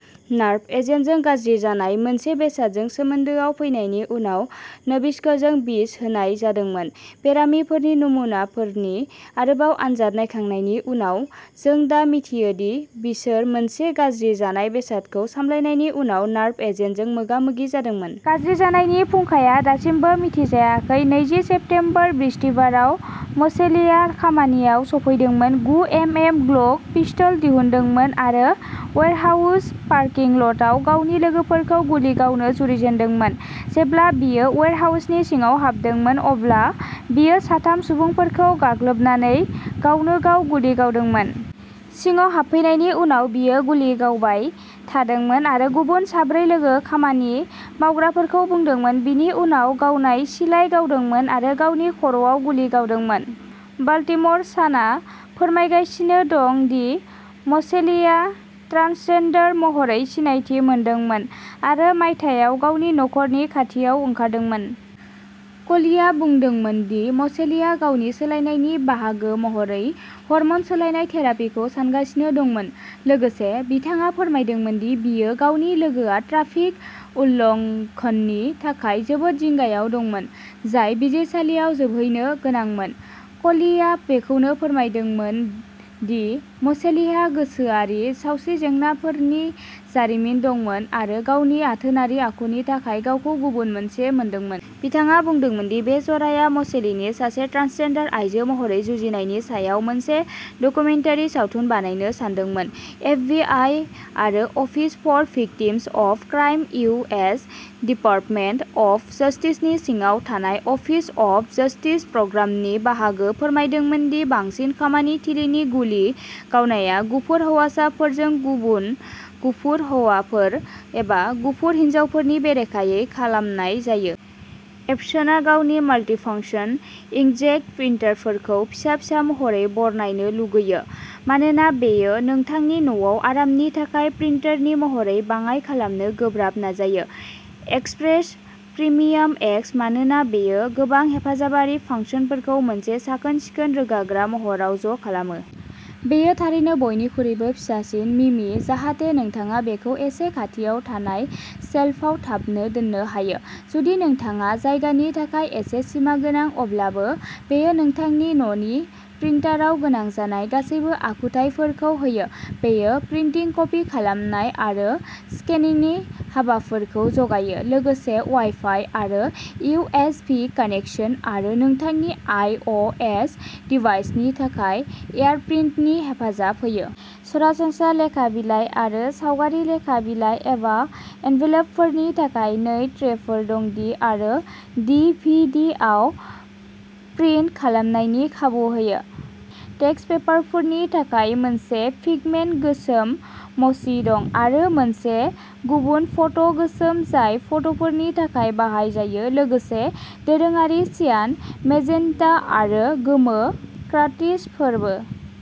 Nerve एजेन्टजों गाज्रि जानाय मोनसे बेसादजों सोमोन्दोआव फैनायनि उनाव न'भिचक'जों बिस होनाय जादोंमोन। "बेरामिफोरनि नमुनाफोरनि आरोबाव आनजाद नायखांनायनि उनाव, जों दा मिथियो दि बिसोर मोनसे गाज्रि जानाय बेसादखौ सामलायनायनि उनाव नार्भ एजेन्टजों मोगामोगि जादोंमोन।" गाज्रि जानायनि फुंखाया दासिमबो मिथिजायाखै। नैजि सेप्तेम्बर बृहस्पतिबाराव मसेलिआ खामानियाव सौफैदोंमोन, गु एमएम ग्लक पिस्टल दिहुनदोंमोन आरो वेयरहाउस पार्किं ल'टआव गावनि लोगोफोरखौ गुलि गावनो जुरिजेनदोंमोन। जेब्ला बियो वेयरहाउसनि सिङाव हाबदोंमोन अब्ला बियो साथाम सुबुंफोरखौ गाग्लोबनानै गावनोगाव गुलि गावदोंमोन। सिङाव हाबफैनायनि उनाव बियो गुलि गावबाय थादोंमोन आरो गुबुन साब्रै लोगो खामानि मावग्राफोरखौ बुदोंमोन, बिनि उनाव गावनाव सिलाइ गावदोंमोन आरो गावनि खर'आव गुलि गावदोंमोन। बाल्टिम'र सानआ फोरमायगासिनो दं दि मसेलिआ ट्रान्सजेन्डार महरै सिनायथि मोनदोंमोन आरो मायथाइयाव गावनि नखरनि खाथियाव ओंखारदोंमोन। क'लिआ बुंदोंमोन दि मसेलिआ गावनि सोलायनायनि बाहागो महरै हर्मन सोलायनाय थेरापिखौ सानगासिनो दंमोन। लोगोसे, बिथाङा फोरमायदोंमोन दि बियो गावनि लोगोआ ट्राफिक उल्लङ्घननि थाखाय जोबोद जिंगायाव दंमोन, जाय बिजिरसालियाव जोबहैनो गोनांमोन। क'लिआ बेखौबो फोरमायदोंमोन दि म'सेलीहा गोसोआरि सावस्रि जेंनाफोरनि जारिमिन दंमोन आरो गावनि आथोनारि आखुनि थाखाय गावखौ गुबुन मोनसे मोनदोंमोन। बिथाङा बुंदोंमोन दि बे जराया म'सेलीनि सासे ट्रान्सजेन्डार आइजो महरै जुजिनायनि सायाव मोनसे डकुमेन्टारि सावथुन बानायनो सानदोंमोन। एफ बि आइ आरो office for victims of crime U S department of जस्टिसनि सिङाव थानाय अफिस अफ जस्टिस प्रग्रामनि बाहागो फोरमायदोंमोन दि बांसिन खामानि थिलिनि गुलि गावनाया गुफुर हौवाफोरजों गुबुन गुफुर हौवाफोर एबा गुफुर हिनजावफोरनि बेरेखायै खालामनाय जायो। एप्सनआ गावनि माल्टिफंक्शन इंकजेट प्रिन्टारफोरखौ फिसा-फिसा महरै बरनायनो लुगैयो, मानोना बेयो नोंथांनि न'आव आरामनि थाखाय प्रिन्टारनि महरखौ बाङाइ खालामनो गोब्राब नाजायो। एक्सप्रेशन प्रिमियाम एक्स मानोना बेयो गोबां हेफाजाबारि फासंनफोरखौ मोनसे साखोन-सिखोन, रोगाग्रा महराव ज' खालामो। बेयो थारैनो बयनिख्रुइ फिसासिन। मिमि, जाहाथे नोंथाङा बेखौ एसे खाथियाव थानाय सेल्फआव थाबनो दोननो हायो, जुदि नोंथाङा जायगानि थाखाय एसे सिमागोनां अब्लाबो, बेयो नोंथांनि न'नि प्रिन्टाराव गोनां जानाय गासैबो आखुथायफोरखौ होयो। बेयो प्रिन्टिं, कपि खालामनाय आरो स्केनिंनि हाबाफोरखौ जगायो, लोगोसे वाइफाइ आरो इउ एस बि कानेकसन आरो नोंथांनि आइ अ एस डिभाइसनि थाखाय एयारप्रिन्टनि हेफाजाब होयो। सरासनस्रा लेखा बिलाइ आरो सावगारि लेखा बिलाइ एबा एनभेलपफोरनि थाखाय नै ट्रेफोर दंदि आरो डि भि डि आव प्रिन्ट खालामनायनि खाबु होयो। टेक्सट पेपारफोरनि थाखाय मोनसे पिगमेन्ट गोसोम मसी दं, आरो मोनसे गुबुन फट' गोसोम जाय फट'फोरनि थाखाय बाहाय जायो, लोगोसे दोरोङारि सियान, मेजेन्टा आरो गोमो कार्ट्रिजफोरबो।